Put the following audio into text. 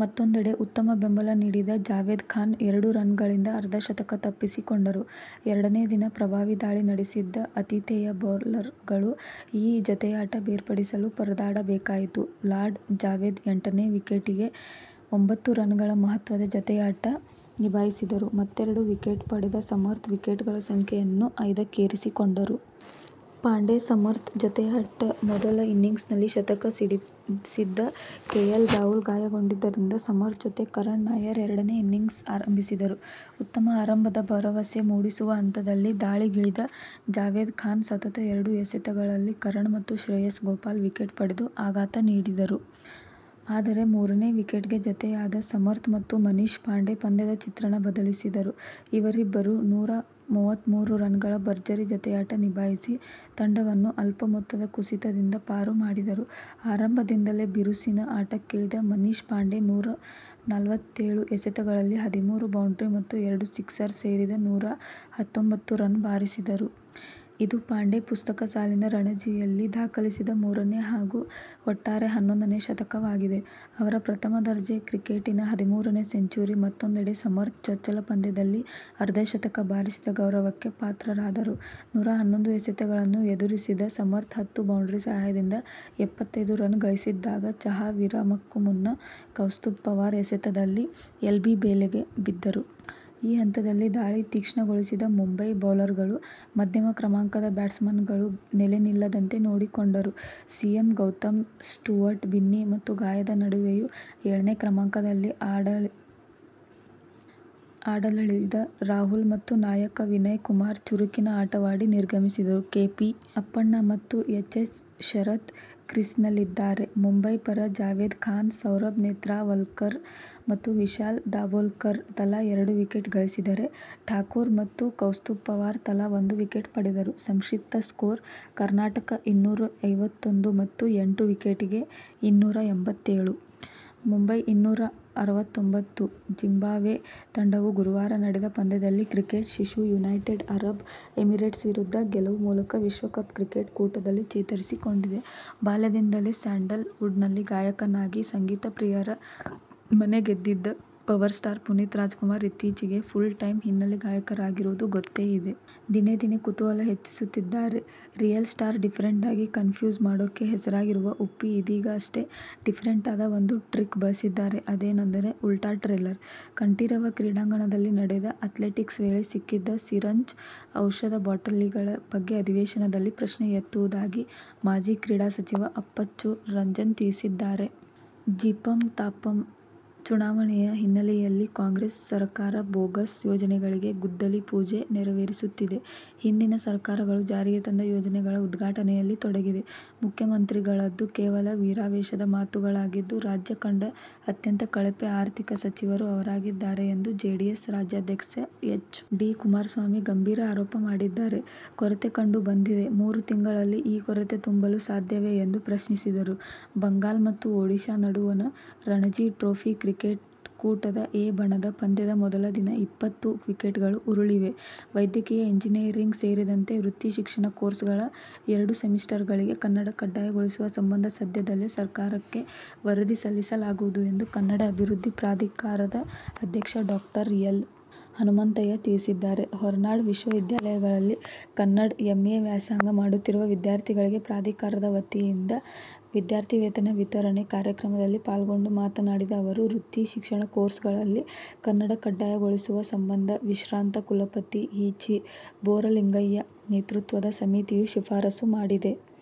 ಮತ್ತೂಂದೆಡೆ ಉತ್ತಮ ಬೆಂಬಲ ನೀಡಿದ ಜಾವೇದ್ ಖಾನ್ ಎರಡು ರನ್ಗಳಿಂದ ಅರ್ಧ ಶತಕ ತಪ್ಪಿಸಿಕೊಂಡರು. ಎರಡನೇ ದಿನ ಪ್ರಭಾವಿ ದಾಳಿ ನಡೆಸಿದ್ದ ಆತಿಥೇಯ ಬೌಲರ್ಗಳು ಈ ಜತೆಯಾಟ ಬೇರ್ಪಡಿಸಲು ಪರದಾಡಬೇಕಾಯಿತು. ಲಾಡ್-ಜಾವೇದ್ ಎಂಟನೇ ವಿಕೆಟಿಗೆ ಎಂಬತ್ತು ರನ್ಗಳ ಮಹತ್ವದ ಜತೆಯಾಟ ನಿಭಾಯಿಸಿದರು. ಮತ್ತೆರಡು ವಿಕೆಟ್ ಪಡೆದ ಸಮರ್ಥ್ ವಿಕೆಟ್ಗಳ ಸಂಖ್ಯೆಯನ್ನು ಐದಕ್ಕೇರಿಸಿಕೊಂಡರು. ಪಾಂಡೆ- ಸಮರ್ಥ್ ಜತೆಯಾಟಮೊದಲ ಇನಿಂಗ್ಸ್ನಲ್ಲಿ ಶತಕ ಸಿಡಿಸಿದ್ದ ಕೆ. ಎಲ್. ರಾಹುಲ್ ಗಾಯಗೊಂಡಿದ್ದರಿಂದ ಸಮರ್ಥ್ ಜತೆ ಕರಣ್ ನಾಯರ್ ಎರಡನೇ ಇನಿಂಗ್ಸ್ ಆರಂಭಿಸಿದರು. ಉತ್ತಮ ಆರಂಭದ ಭರವಸೆ ಮೂಡಿಸುವ ಹಂತದಲ್ಲಿ ದಾಳಿಗಿಳಿದ ಜಾವೇದ್ ಖಾನ್ ಸತತ ಎರಡು ಎಸೆತಗಳಲ್ಲಿ ಕರಣ್ ಮತ್ತು ಶ್ರೇಯಸ್ ಗೋಪಾಲ್ ವಿಕೆಟ್ ಪಡೆದು ಆಘಾತ ನೀಡಿದರು. ಆದರೆ ಮೂರನೇ ವಿಕೆಟ್ಗೆ ಜತೆಯಾದ ಸಮರ್ಥ್ ಮತ್ತು ಮನೀಷ್ ಪಾಂಡೆ ಪಂದ್ಯದ ಚಿತ್ರಣ ಬದಲಿಸಿದರು. ಇವರಿಬ್ಬರು ನೂರ ಮೂವತ್ಮೂರು ರನ್ಗಳ ಭರ್ಜರಿ ಜತೆಯಾಟ ನಿಭಾಯಿಸಿ ತಂಡವನ್ನು ಅಲ್ಪ ಮೊತ್ತದ ಕುಸಿತದಿಂದ ಪಾರು ಮಾಡಿದರು. ಆರಂಭದಿಂದಲೇ ಬಿರುಸಿನ ಆಟಕ್ಕಿಳಿದ ಮನೀಷ್ ಪಾಂಡೆ ನೂರ ನಲವತ್ತೇಳು ಎಸೆತಗಳಲ್ಲಿ ಹದಿಮೂರು ಬೌಂಡರಿ ಮತ್ತು ಎರಡು ಸಿಕ್ಸರ್ ಸೇರಿದ ನೂರ ಹತ್ತೊಂಬತ್ತು ರನ್ ಬಾರಿಸಿದರು. ಇದು ಪಾಂಡೆ ಪ್ರಸಕ್ತ ಸಾಲಿನ ರಣಜಿಯಲ್ಲಿ ದಾಖಲಿಸಿದ ಮೂರನೇ ಹಾಗೂ ಒಟ್ಟಾರೆ ಹನ್ನೊಂದನೇ ಶತಕವಾಗಿದೆ. ಅವರ ಪ್ರಥಮ ದರ್ಜೆ ಕ್ರಿಕೆಟಿನ ಹದಿಮೂರನೇ ಸೆಂಚುರಿ. ಮತ್ತೂಂದೆಡೆ ಸಮರ್ಥ್ ಚೊಚ್ಚಲ ಪಂದ್ಯದಲ್ಲೇ ಅರ್ಧ ಶತಕ ಬಾರಿಸಿದ ಗೌರವಕ್ಕೆ ಪಾತ್ರರಾದರು. ನೂರ ಹನ್ನೊಂದು ಎಸೆತಗಳನ್ನು ಎದುರಿಸಿದ ಸಮರ್ಥ್ ಹತ್ತು ಬೌಂಡರಿ ಸಹಾಯದಿಂದ ಎಪ್ಪತ್ತೈದು ರನ್ ಗಳಿಸಿದ್ದಾಗ ಚಹಾ ವಿರಾಮಕ್ಕೂ ಮುನ್ನ ಕೌಸ್ತುಭ್ ಪವಾರ್ ಎಸೆತದಲ್ಲಿ ಎಲ್ಬಿ ಬಲೆಗೆ ಬಿದ್ದರು. ಈ ಹಂತದಲ್ಲಿ ದಾಳಿ ತೀಕ್ಷ್ಣಗೊಳಿಸಿದ ಮುಂಬಯಿ ಬೌಲರ್ಗಳು ಮಧ್ಯಮ ಕ್ರಮಾಂಕದ ಬ್ಯಾಟ್ಸ್ಮನ್ಗಳು ನೆಲೆ ನಿಲ್ಲದಂತೆ ನೋಡಿಕೊಂಡರು. C. M. Gautam, Stuart Binny ಮತ್ತು ಗಾಯದ ನಡುವೆಯೂ ಏಳನೇ ಕ್ರಮಾಂಕದಲ್ಲಿ ಆಡಲಿಳಿದ ರಾಹುಲ್ ಮತ್ತು ನಾಯಕ ವಿನಯ್ ಕುಮಾರ್ ಚುರುಕಿನ ಆಟವಾಡಿ ನಿರ್ಗಮಿಸಿದರು. ಕೆ. ಪಿ. ಅಪ್ಪಣ್ಣ ಮತ್ತು ಎಚ್. ಎಸ್. ಶರತ್ ಕ್ರೀಸ್ನಲ್ಲಿದ್ದಾರೆ. ಮುಂಬಯಿ ಪರ ಜಾವೇದ್ ಖಾನ್, ಸೌರಭ್ ನೇತ್ರಾವಲ್ಕರ್ ಮತ್ತು ವಿಶಾಲ್ ದಾಭೋಲ್ಕರ್ ತಲಾ ಎರಡು ವಿಕೆಟ್ ಗಳಿಸಿದರೆ, ಠಾಕೂರ್ ಮತ್ತು ಕೌಸ್ತುಭ್ ಪವಾರ್ ತಲಾ ಒಂದು ವಿಕೆಟ್ ಪಡೆದರು. ಸಂಕ್ಷಿಪ್ತ ಸ್ಕೋರ್: ಕರ್ನಾಟಕ-ಇನ್ನೂರ ಐವತ್ತೊಂದು ಮತ್ತು ಎಂಟು ವಿಕೆಟಿಗೆ ಇನ್ನೂರ ಎಂಬತ್ತೇಳು. ಮುಂಬಯಿ-ಇನ್ನೂರ ಅರವತ್ತೊಂಬತ್ತು. ಜಿಂಬಾಬ್ವೆ ತಂಡವು ಗುರುವಾರ ನಡೆದ ಪಂದ್ಯದಲ್ಲಿ ಕ್ರಿಕೆಟ್ ಶಿಶು ಯುನೈಟೆಡ್ ಅರಬ್ ಎಮಿರೇಟ್ಸ್ ವಿರುದ್ಧ ಗೆಲ್ಲುವ ಮೂಲಕ ವಿಶ್ವ ಕಪ್ ಕ್ರಿಕೆಟ್ ಕೂಟದಲ್ಲಿ ಚೇತರಿಸಿಕೊಂಡಿದೆ. ಬಾಲ್ಯದಿಂದಲೇ ಸ್ಯಾಂಡಲ್ ವುಡ್'ನಲ್ಲಿ ಗಾಯಕನಾಗಿ ಸಂಗೀತ ಪ್ರಿಯರ ಮನಗೆದ್ದಿದ್ದ ಪವರ್ ಸ್ಟಾರ್ ಪುನೀತ್ ರಾಜ್ ಕುಮಾರ್ ಇತ್ತೀಚೆಗೆ ಫುಲ್ ಟೈಂ ಹಿನ್ನಲೆ ಗಾಯಕರಾಗಿರುವುದು ಗೊತ್ತೆ ಇದೆ. ದಿನೇ ದಿನೇ ಕುತೂಹಲ ಹೆಚ್ಚಿಸುತ್ತಿದ್ದಾರೆ ರಿಯಲ್ ಸ್ಟಾರ್, ಡಿಫರೆಂಟ್ ಆಗಿ ಕನ್ ಫ್ಯೂಸ್ ಮಾಡೊಕ್ಕೆ ಹೆಸರಾಗಿರೋ ಉಪ್ಪಿ ಇದೀಗ ಅಷ್ಟೇ ಡಿಫರೆಂಟ್ ಆದ ಒಂದು ಟ್ರಿಕ್ ಬಳಸಿದ್ದಾರೆ. ಅದೇನು ಅಂದರೆ ಉಲ್ಟಾ ಟ್ರೇಲರ್. ಕಂಠೀರವ ಕ್ರೀಡಾಂಗಣದಲ್ಲಿ ನಡೆದ ಆ್ಯತ್ಲೆಟಿಕ್ಸ್ ವೇಳೆ ಸಿಕ್ಕಿದ ಸಿರಿಂಜ್, ಔಷಧ ಬಾಟಲಿಗಳ ಬಗ್ಗೆ ಅಧಿವೇಶನದಲ್ಲಿ ಪ್ರಶ್ನೆ ಎತ್ತುವುದಾಗಿ ಮಾಜಿ ಕ್ರೀಡಾ ಸಚಿವ ಅಪ್ಪಚ್ಚು ರಂಜನ್ ತಿಳಿಸಿದ್ದಾರೆ. ಜಿಪಂ, ತಾಪಂ ಚುನಾವಣೆ ಹಿನ್ನೆಲೆಯಲ್ಲಿ ಕಾಂಗ್ರೆಸ್ ಸರಕಾರ ಬೋಗಸ್ ಯೋಜನೆಗಳಿಗೆ ಗುದ್ದಲಿ ಪೂಜೆ ನೆರವೇರಿಸುತ್ತಿದೆ. ಹಿಂದಿನ ಸರಕಾರಗಳು ಜಾರಿಗೆ ತಂದ ಯೋಜನೆಗಳ ಉದ್ಘಾಟನೆಯಲ್ಲಿ ತೊಡಗಿದೆ. ಮುಖ್ಯಮಂತ್ರಿಗಳದ್ದು ಕೇವಲ ವೀರಾವೇಶದ ಮಾತುಗಳಾಗಿದ್ದು, ರಾಜ್ಯ ಕಂಡ ಅತ್ಯಂತ ಕಳಪೆ ಆರ್ಥಿಕ ಸಚಿವರು ಅವರಾಗಿದ್ದಾರೆ ಎಂದು ಜೆಡಿಎಸ್ ರಾಜ್ಯಾಧ್ಯಕ್ಷ ಎಚ್. ಡಿ. ಕುಮಾರಸ್ವಾಮಿ ಗಂಭೀರ ಆರೋಪ ಮಾಡಿದ್ದಾರೆ. ಕೊರತೆ ಕಂಡು ಬಂದಿದೆ. ಮೂರು ತಿಂಗಳಲ್ಲಿ ಈ ಕೊರತೆ ತುಂಬಲು ಸಾಧ್ಯವೇ ಎಂದು ಪ್ರಶ್ನಿಸಿದರು. ಬಂಗಾಲ ಮತ್ತು ಒಡಿಶಾ ನಡುವಣ ರಣಜಿ ಟ್ರೋಫಿ ಕ್ರಿಕೆಟ್ ಕೂಟದ 'ಎ' ಬಣದ ಪಂದ್ಯದ ಮೊದಲ ದಿನ ಇಪ್ಪತ್ತು ವಿಕೆಟ್ಗಳು ಉರುಳಿವೆ. ವೈದ್ಯಕೀಯ, ಎಂಜಿನಿಯರಿಂಗ್ ಸೇರಿದಂತೆ ವೃತ್ತಿ ಶಿಕ್ಷಣ ಕೋರ್ಸ್ಗಳ ಎರಡು ಸೆಮಿಸ್ಟರ್ಗಳಿಗೆ ಕನ್ನಡ ಕಡ್ಡಾಯಗೊಳಿಸುವ ಸಂಬಂಧ ಸದ್ಯದಲ್ಲೇ ಸರ್ಕಾರಕ್ಕೆ ವರದಿ ಸಲ್ಲಿಸಲಾಗುವುದು ಎಂದು ಕನ್ನಡ ಅಭಿವೃದ್ಧಿ ಪ್ರಾಧಿಕಾರದ ಅಧ್ಯಕ್ಷ ಡಾಕ್ಟರ್ ಎಲ್. ಹನುಮಂತಯ್ಯ ತಿಳಿಸಿದ್ದಾರೆ. ಹೊರನಾಡ ವಿಶ್ವವಿದ್ಯಾಲಯಗಳಲ್ಲಿ ಕನ್ನಡ ಎಂ. ಎ. ವ್ಯಾಸಂಗ ಮಾಡುತ್ತಿರುವ ವಿದ್ಯಾರ್ಥಿಗಳಿಗೆ ಪ್ರಾಧಿಕಾರದ ವತಿಯಿಂದ ವಿದ್ಯಾರ್ಥಿವೇತನ ವಿತರಣೆ ಕಾರ್ಯಕ್ರಮದಲ್ಲಿ ಪಾಲ್ಗೊಂಡು ಮಾತನಾಡಿದ ಅವರು, ವೃತ್ತಿ ಶಿಕ್ಷಣ ಕೋರ್ಸ್ಗಳಲ್ಲಿ ಕನ್ನಡ ಕಡ್ಡಾಯಗೊಳಿಸುವ ಸಂಬಂಧ ವಿಶ್ರಾಂತ ಕುಲಪತಿ ಹಿ. ಚಿ. ಬೋರಲಿಂಗಯ್ಯ ನೇತೃತ್ವದ ಸಮಿತಿಯೂ ಶಿಫಾರಸು ಮಾಡಿದೆ.